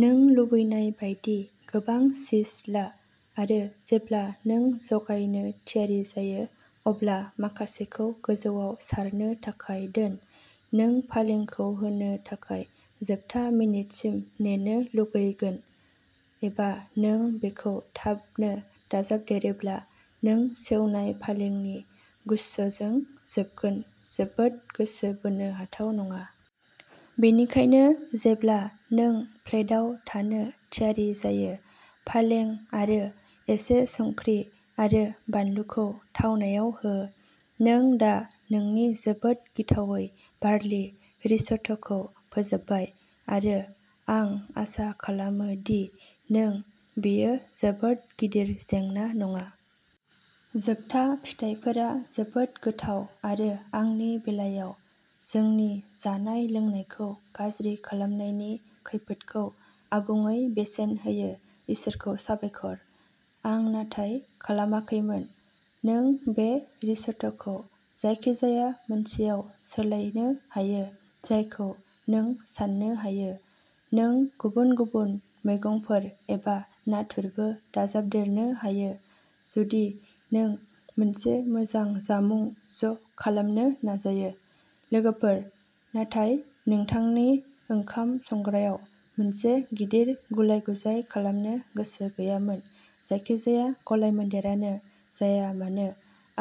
नों लुबैनाय बायदि गोबां चीज ला आरो जेब्ला नों जगायनो थियारि जायो अब्ला माखासेखौ गोजौआव सारनो थाखाय दोन। नों फालेंखौ होनो थाखाय जोबथा मिनिटसिम नेनो लुगैगोन एबा नों बेखौ थाबनो दाजाबदेरोब्ला नों सेवनाय फालेंनि गुच्छजों जोबगोन जोबोद गोसो बोनो हाथाव नङा। बेनिखायनो जेब्ला नों प्लेटआव थानो थियारि जायो, पालें आरो एसे संख्रि आरो बानलुखौ थावनायाव हो। नों दा नोंनि जोबोद गिथावै बार्लि रिस'ट'खौ फोजोबबाय आरो आं आसा खालामो दि नों बेयो जोबोद गिदिर जेंना नङा। जोबथा फिथाइफोरा जोबोद गोथाव आरो आंनि बेलायाव जोंनि जानाय-लोंनायखौ गाज्रि खालामनायनि खैफोदखौ आबुङै बेसेन होयो इसोरखौ साबायखर। आं नाथाय खालामाखैमोन नों बे रिस'ट'खौ जायखिजाया मोनसेआव सोलायनो हायो जायखौ नों साननो हायो। नों गुबुन-गुबुन मैगंफोर एबा नाथुरबो दाजाबदेरनो हायो जुदि नों मोनसे मोजां जामुं ज' खालामनो नाजायो लोगोफोर नाथाय नोंथांनि ओंखाम संग्रायाव मोनसे गिदिर गुलाय-गुजाय खालामनो गोसो गैयामोन जायखिजाया गलायमोनदेरानो जाया मानो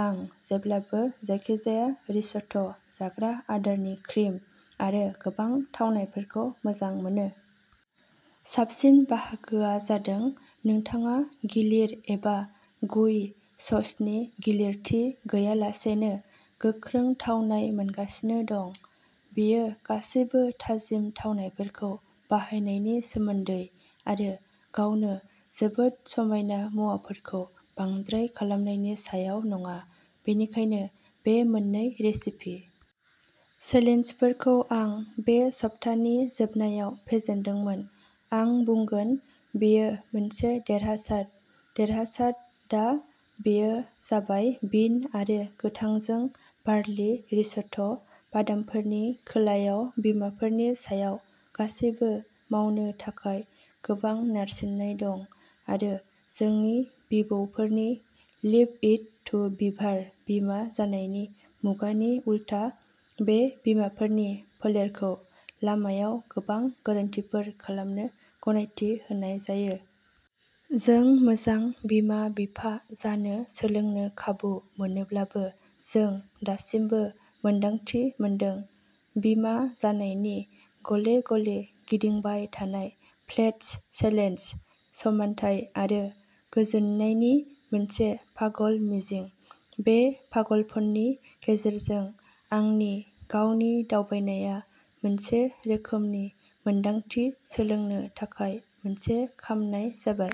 आं जेब्लाबो जायखिजाया रिस'ट' जाग्रा आदारनि क्रिम आरो गोबां थावनायफोरखौ मोजां मोनो। साबसिन बाहागोआ जादों नोंथाङा गिलिर एबा गुइ ससनि गिलिरथि गैयालासेनो गोख्रों थावनाय मोनगासिनो दं। बेयो गासैबो थाजिम थावनायफोरखौ बाहायनायनि सोमोन्दै आरो गावनो जोबोद समायना मुवाफोरखौ बांद्राय खालामनायनि सायाव नङा। बेनिखायनो बे मोननै रेसिपि चेलेन्जफोरखौ आं बे सप्तानि जोबनायाव फेजेनदोंमोन आं बुंगोन बेयो मोनसे देरहासार देरहासार दा बेयो जाबाय बिन आरो गोथांजों बार्लि रिस'ट' बादामफोरनि खोलायाव बिमाफोरनि सायाव गासैबो मावनो थाखाय गोबां नारसिननाय दं आरो जोंनि बिबौफोरनि लिभ इट टु बिभार बिमा जानायनि मुगानि उलथा बे बिमाफोरनि फोलेरखौ लामायाव गोबां गोरोन्थिफोर खालामनो गनायथि होनाय जायो। जों मोजां बिमा-बिफा जानो सोलोंनो खाबु मोनोब्लाबो जों दासिमबो मोन्दांथि मोनदों। बिमा जानायनि गले गले गिदिंबाय थानाय प्लेट्स चेलेन्ज समानथाय आरो गोजोननायनि मोनसे पागल मिजिं। बे पागलपननि गेजेरजों आंनि गावनि दावबायनाया मोनसे रोखोमनि मोन्दांथि सोलोंनो थाखाय मोनसे खामनाय जाबाय।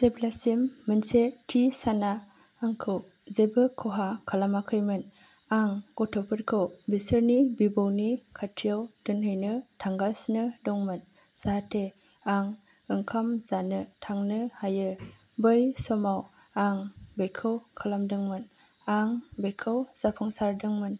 जेब्लासिम मोनसे थि साना आंखौ जेबो खहा खालामाखैमोन आं गथ'फोरखौ बिसोरनि बिबौनि खाथियाव दोनहैनो थांगासिनो दंमोन जाहाथे आं ओंखाम जानो थांनो हायो बै समाव आं बेखौ खालामदोंमोन आं बेखौ जाफुंसारदोंमोन।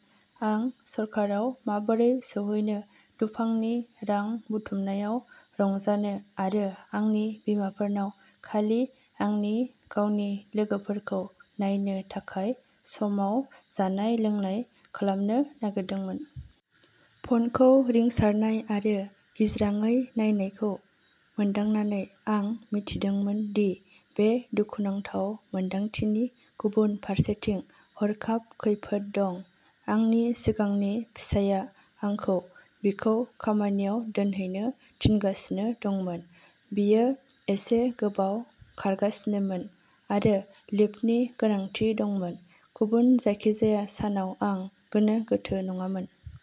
आं स'कारआव माबोरै सौहैनो दुफांनि रां बुथुमनायाव रंजानो आरो आंनि बिमाफोरनाव खालि आंनि गावनि लोगोफोरखौ नायनो थाखाय समाव जानाय-लोंनाय खालामनो नागिरदोंमोन। फनखौ रिंसारनाय आरो गिज्रांयै नायनायखौ मोनदांनानै आं मिथिदोंमोन दि बे दुखुनांथाव मोन्दांथिनि गुबुन फारसेथिं हरखाब खैफोद दं। आंनि सिगांनि फिसायआ आंखौ बिखौ खामानियाव दोनहैनो थिनगासिनो दंमोन। बियो एसे गोबाव खारगासिनोमोन आरो लिफ्टनि गोनांथि दंमोन। गुबुन जायखिजाया सानाव आं गोनो गोथो नङामोन।